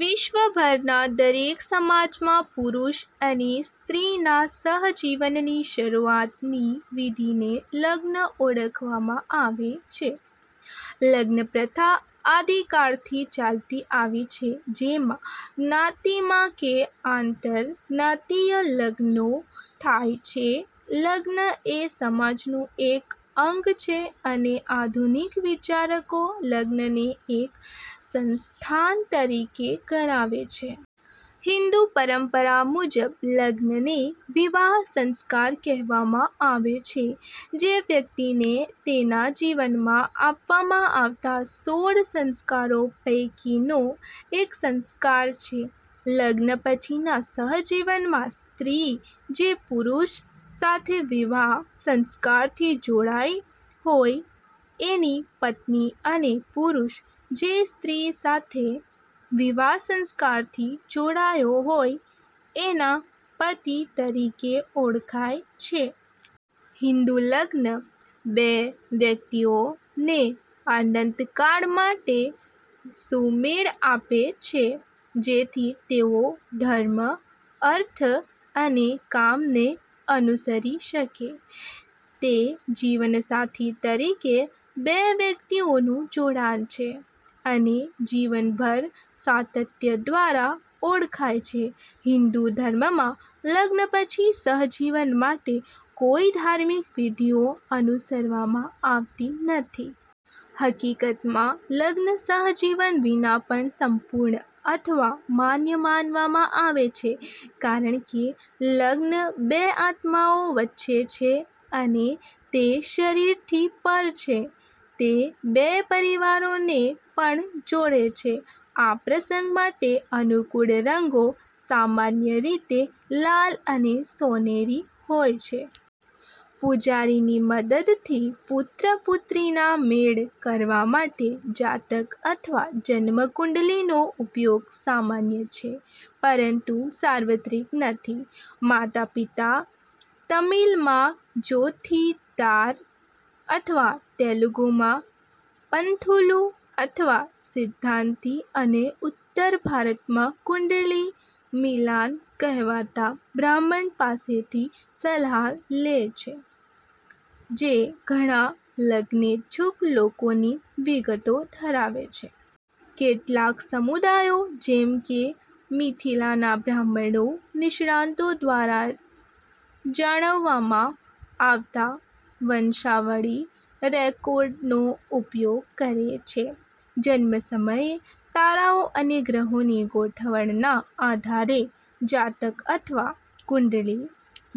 વિશ્વભરના દરેક સમાજમાં પુરુષ અને સ્ત્રીના સહજીવનની શરુઆતની વિધિને લગ્ન ઓળખવામાં આવે છે. લગ્નપ્રથા આદિકાળથી ચાલતી આવી છે, જેમાં જ્ઞાતિમાં કે આંતરજ્ઞાતિય લગ્નો થાય છે. લગ્ન એ સમાજનું એક અંગ છે અને આધુનિક વિચારકો લગ્નને એક સંસ્થાન તરીકે ગણાવે છે. હિંદુ પરંપરા મુજબ લગ્નને વિવાહ સંસ્કાર કહેવામાં આવે છે, જે વ્યક્તિને એના જીવનમાં આપવામાં આવતા સોળ સંસ્કારો પૈકીનો એક સંસ્કાર છે. લગ્ન પછીના સહજીવનમાં સ્ત્રી જે પુરુષ સાથે વિવાહ સંસ્કારથી જોડાઈ હોય એની પત્ની અને પુરુષ જે સ્ત્રી સાથે વિવાહ સંસ્કારથી જોડાયો હોય એના પતિ તરીકે ઓળખાય છે. હિન્દુ લગ્ન બે વ્યક્તિઓ ને અનંતકાળ માટે સુમેળ આપે છે, જેથી તેઓ ધર્મ, અર્થ અને કામને અનુસરી શકે. તે જીવનસાથી તરીકે બે વ્યક્તિઓનું જોડાણ છે, અને જીવનભર સાતત્ય દ્વારા ઓળખાય છે. હિન્દુ ધર્મમાં, લગ્ન પછી સહજીવન માટે કોઈ ધાર્મિક વિધિઓ અનુસરવામાં આવતી નથી. હકીકતમાં, લગ્ન સહજીવન વિના પણ સંપૂર્ણ અથવા માન્ય માનવામાં આવે છે, કારણ કે લગ્ન બે આત્માઓ વચ્ચે છે અને તે શરીરથી પર છે. તે બે પરિવારોને પણ જોડે છે. આ પ્રસંગ માટે અનુકૂળ રંગો સામાન્ય રીતે લાલ અને સોનેરી હોય છે. પૂજારીની મદદથી પુત્ર/પુત્રીના મેળ કરવા માટે જાતક અથવા જન્મ કુંડળી નો ઉપયોગ સામાન્ય છે, પરંતુ સાર્વત્રિક નથી. માતા-પિતા તમિલ માં 'જોથીદાર' અથવા તેલુગુ માં 'પંથુલું અથવા સિદ્ધાંતી' અને ઉત્તર ભારતમાં 'કુંડળી મિલાન' કહેવાતા બ્રાહ્મણ પાસેથી સલાહ લે છે, જે ઘણા લગ્નેચ્છુક લોકોની વિગતો ધરાવે છે. કેટલાક સમુદાયો, જેમ કે મિથિલાના બ્રાહ્મણો, નિષ્ણાતો દ્વારા જાળવવામાં આવતા વંશાવળી રેકોર્ડ નો ઉપયોગ કરે છે. જન્મ સમયે તારાઓ અને ગ્રહોની ગોઠવણના આધારે જાતક અથવા કુંડળી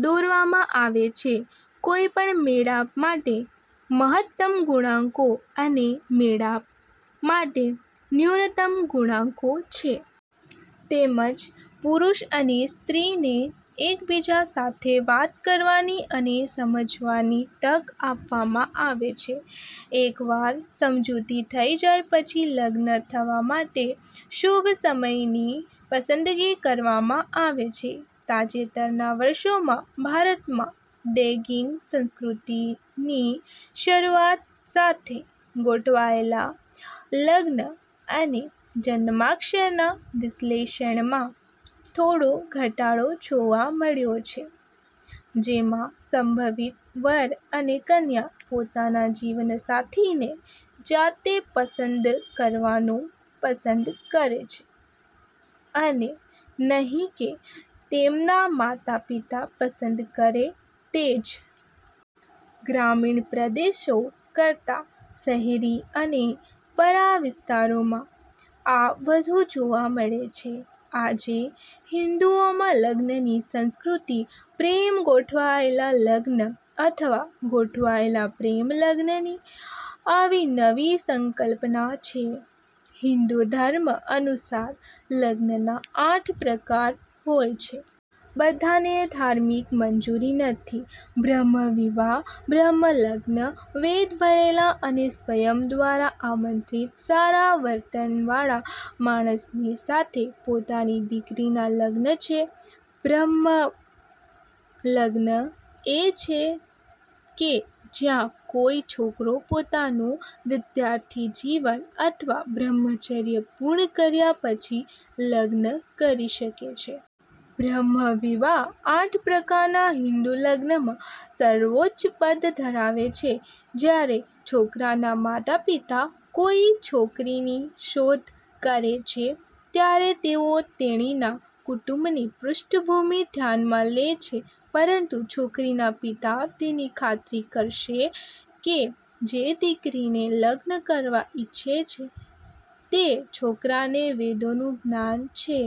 દોરવામાં આવે છે. કોઈપણ મેળાપ માટે મહત્તમ ગુણાંકો અને મેળાપ માટે ન્યૂનતમ ગુણાંકો છે. તેમજ પુરુષ અને સ્ત્રીને એકબીજા સાથે વાત કરવાની અને સમજવાની તક આપવામાં આવે છે. એકવાર સમજૂતી થઈ જાય પછી લગ્ન થવા માટે શુભ સમયની પસંદગી કરવામાં આવે છે. તાજેતરના વર્ષોમાં, ભારતમાં ડેટિંગ સંસ્કૃતિની શરૂઆત સાથે, ગોઠવાયેલા લગ્ન અને જન્માક્ષરના વિશ્લેષણમાં થોડો ઘટાડો જોવા મળ્યો છે, જેમાં સંભવિત વર અને કન્યા પોતાના જીવનસાથીને જાતે પસંદ કરવાનું પસંદ કરે છે અને નહીં કે તેમના માતાપિતા પસંદ કરે તે જ. ગ્રામીણ પ્રદેશો કરતા શહેરી અને પરા વિસ્તારોમાં આ વધુ જોવા મળે છે. આજે હિંદુઓમાં લગ્નની સંસ્કૃતિ પ્રેમ-ગોઠવેલા લગ્ન અથવા ગોઠવેલા-પ્રેમ લગ્નની આવી નવી સંકલ્પના છે. હિન્દુ ધર્મ અનુસાર લગ્નના આઠ પ્રકાર હોય છે. બધાને ધાર્મિક મંજૂરી નથી. બ્રહ્મ વિવાહ બ્રહ્મ લગ્ન, વેદ ભણેલા, અને સ્વયં દ્વારા આમંત્રિત સારા વર્તન વાળા માણસની સાથે પોતાની દીકરીના લગ્ન છે. બ્રહ્મ લગ્ન એ છે કે જ્યાં કોઈ છોકરો પોતાનું વિદ્યાર્થી જીવન અથવા બ્રહ્મચર્ય પૂર્ણ કર્યા પછી લગ્ન કરી શકે છે. બ્રહ્મ વિવાહ આઠ પ્રકારનાં હિન્દુ લગ્નમાં સર્વોચ્ચ પદ ધરાવે છે. જ્યારે છોકરાના માતાપિતા કોઈ છોકરીની શોધ કરે છે, ત્યારે તેઓ તેણીના કુટુંબની પૃષ્ઠભૂમિ ધ્યાનમાં લે છે, પરંતુ છોકરીના પિતા તેની ખાતરી કરશે કે જે દીકરીને લગ્ન કરવા ઇચ્છે છે તે છોકરાને વેદોનું જ્ઞાન છે.